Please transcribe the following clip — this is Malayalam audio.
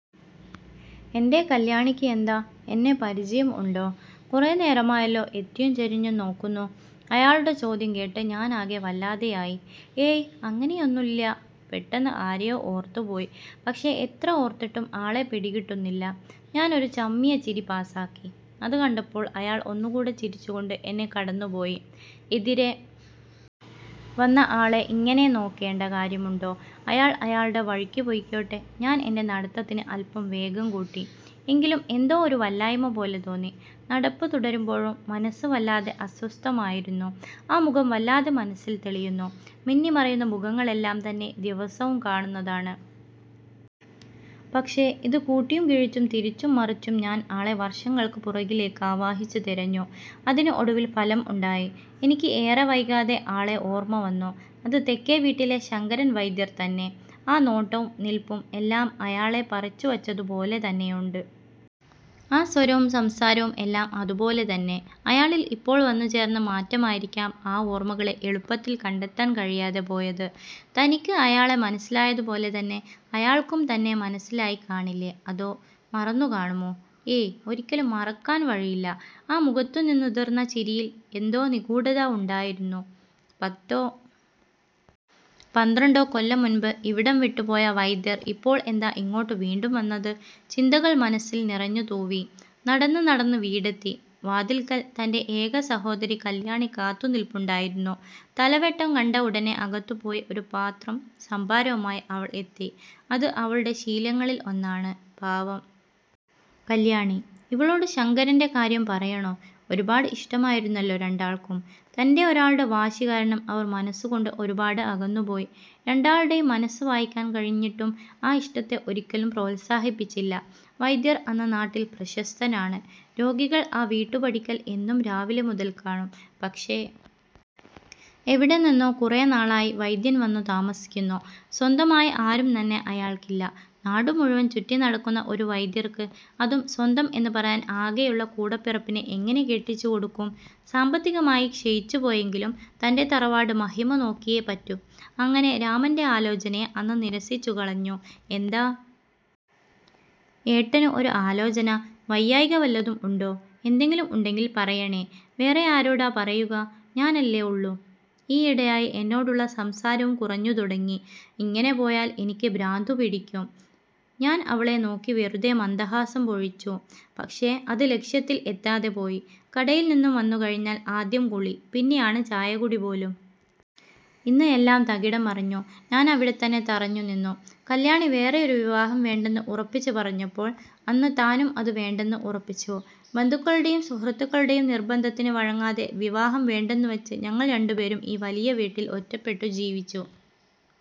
എൻ്റെ കല്യാണിക്ക് എന്താ, എന്നെ പരിചയം ഉണ്ടോ. കുറെ നേരമായല്ലോ എത്തിയും ചരിഞ്ഞും നോക്കുന്നു. അയാളുടെ ചോദ്യം കേട്ട് ഞാൻ ആകെ വല്ലാതെയായി. ഏയ്, അങ്ങനെയൊന്നൂല്ല്യ. പെട്ടെന്ന് ആരെയോ ഓർത്ത് പോയി. പക്ഷേ എത്ര ഓർത്തിട്ടും ആളെ പിടികിട്ടുന്നില്ല. ഞാൻ ഒരു ചമ്മിയ ചിരി പാസ്സാക്കി. അത് കണ്ടപ്പോൾ അയാൾ ഒന്നു കൂടെ ചിരിച്ചുകൊണ്ട് എന്നെ കടന്നുപോയി. എതിരെ വന്ന ആളെ ഇങ്ങനെ നോക്കേണ്ട കാര്യമുണ്ടോ. അയാൾ അയാളുടെ വഴിക്ക് പൊയ്ക്കോട്ടെ. ഞാൻ എൻ്റെ നടത്തത്തിന് അല്പം വേഗം കൂട്ടി. എങ്കിലും എന്തോ ഒരു വല്ലായ്മ പോലെ തോന്നി. നടപ്പ് തുടരുമ്പോഴും മനസ്സ് വല്ലാതെ അസ്വസ്ഥമായിരുന്നു.ആ മുഖം വല്ലാതെ മനസ്സിൽ തെളിയുന്നു. മിന്നിമറയുന്ന മുഖങ്ങൾ എല്ലാം തന്നെ ദിവസവും കാണുന്നതാണ്. പക്ഷേ ഇത് കൂട്ടിയും കിഴിച്ചും തിരിച്ചും മറിച്ചും ഞാൻ ആളെ വർഷങ്ങൾക്ക് പുറകിലേക്ക് ആവാഹിച്ച് തിരഞ്ഞു. അതിന് ഒടുവിൽ ഫലം ഉണ്ടായി. എനിക്ക് ഏറെ വൈകാതെ ആളെ ഓർമ വന്നു.അത് തെക്കേ വീട്ടിലെ ശങ്കരൻ വൈദ്യർ തന്നെ. ആ നോട്ടവും നിൽപ്പും എല്ലാം അയാളെ പറിച്ചുവച്ചതുപോലെ തന്നെയുണ്ട്. ആ സ്വരവും സംസാരവും എല്ലാം അതുപോലെ തന്നെ. അയാളിൽ ഇപ്പോൾ വന്നുചേർന്ന മാറ്റമായിരിക്കാം ആ ഓർമകളെ എളുപ്പത്തിൽ കണ്ടെത്താൻ കഴിയാതെ പോയത്. തനിക്ക് അയാളെ മനസ്സിലായതുപോലെ തന്നെ അയാൾക്കും തന്നെ മനസ്സിലായി കാണില്ലേ. അതോ മറന്നുകാണുമോ. ഏയ്, ഒരിക്കലും മറക്കാൻ വഴിയില്ല. ആ മുഖത്തുനിന്നുതിർന്ന ചിരിയിൽ എന്തോ നിഗൂഢത ഉണ്ടായിരുന്നു. പത്തോ പന്ത്രണ്ടോ കൊല്ലം മുൻപ് ഇവിടം വിട്ടുപോയ വൈദ്യർ ഇപ്പോൾ എന്താ ഇങ്ങോട്ട് വീണ്ടും വന്നത്. ചിന്തകൾ മനസ്സിൽ നിറഞ്ഞുതൂവി. നടന്ന് നടന്ന് വീടെത്തി. വാതിൽക്കൽ തൻ്റെ ഏക സഹോദരി കല്യാണി കാത്തുനിൽപ്പുണ്ടായിരുന്നു. തലവെട്ടം കണ്ട ഉടനെ അകത്തുപോയി ഒരു പാത്രം സംഭാരവുമായി അവൾ എത്തി. അത് അവളുടെ ശീലങ്ങളിൽ ഒന്നാണ്. പാവം കല്യാണി. ഇവളോട് ശങ്കരൻ്റെ കാര്യം പറയണോ. ഒരുപാട് ഇഷ്ടമായിരുന്നല്ലോ രണ്ടാൾക്കും. തൻ്റെ ഒരാളുടെ വാശികാരണം അവർ മനസ്സുകൊണ്ട് ഒരുപാട് അകന്നുപോയി. രണ്ടാളുടെയും മനസ്സ് വായിക്കാൻ കഴിഞ്ഞിട്ടും ആ ഇഷ്ടത്തെ ഒരിക്കലും പ്രോത്സാഹിപ്പിച്ചില്ല. വൈദ്യർ അന്ന് നാട്ടിൽ പ്രശസ്തനാണ്. രോഗികൾ ആ വീട്ടുപടിക്കൽ എന്നും രാവിലെ മുതൽ കാണും.പക്ഷേ, എവിടെ നിന്നോ കുറെ നാളായി വൈദ്യൻ വന്നു താമസിക്കുന്നു. സ്വന്തമായി ആരും തന്നെ അയാൾക്കില്ല. നാടുമുഴുവൻ ചുറ്റിനടക്കുന്ന ഒരു വൈദ്യർക്ക് അതും സ്വന്തം എന്ന് പറയാൻ ആകെയുള്ള കൂടപ്പിറപ്പിനെ എങ്ങനെ കെട്ടിച്ചുകൊടുക്കും. സാമ്പത്തികമായി ക്ഷയിച്ചുപോയെങ്കിലും തൻ്റെ തറവാട് മഹിമ നോക്കിയേ പറ്റൂ. അങ്ങനെ രാമൻ്റെ ആലോചനയെ അന്ന് നിരസിച്ചുകളഞ്ഞു. എന്താ ഏട്ടന് ഒരു ആലോചന. വയ്യായ്ക വല്ലതും ഉണ്ടോ. എന്തെങ്കിലും ഉണ്ടെങ്കിൽ പറയണേ. വേറെ ആരോടാ പറയുക. ഞാൻ അല്ലേ ഉള്ളൂ. ഈയിടെയായി എന്നോടുള്ള സംസാരവും കുറഞ്ഞുതുടങ്ങി. ഇങ്ങനെ പോയാൽ എനിക്ക് ഭ്രാന്തുപിടിക്കും. ഞാൻ അവളെ നോക്കി വെറുതെ മന്ദഹാസം പൊഴിച്ചു. പക്ഷേ അത് ലക്ഷ്യത്തിൽ എത്താതെപോയി. കടയിൽനിന്നും വന്നുകഴിഞ്ഞാൽ ആദ്യം കുളി, പിന്നെയാണ് ചായകുടി പോലും. ഇന്ന് എല്ലാം തകിടംമറിഞ്ഞു. ഞാൻ അവിടെത്തന്നെ തറഞ്ഞുനിന്നു. കല്യാണി വേറെ ഒരു വിവാഹം വേണ്ടെന്ന് ഉറപ്പിച്ചു പറഞ്ഞപ്പോൾ അന്ന് താനും അത് വേണ്ടെന്ന് ഉറപ്പിച്ചു. ബന്ധുക്കളുടെയും സുഹൃത്തുക്കളുടെയും നിർബന്ധത്തിന് വഴങ്ങാതെ വിവാഹം വേണ്ടെന്നുവച്ച് ഞങ്ങൾ രണ്ടുപേരും ഈ വലിയ വീട്ടിൽ ഒറ്റപ്പെട്ടു ജീവിച്ചു.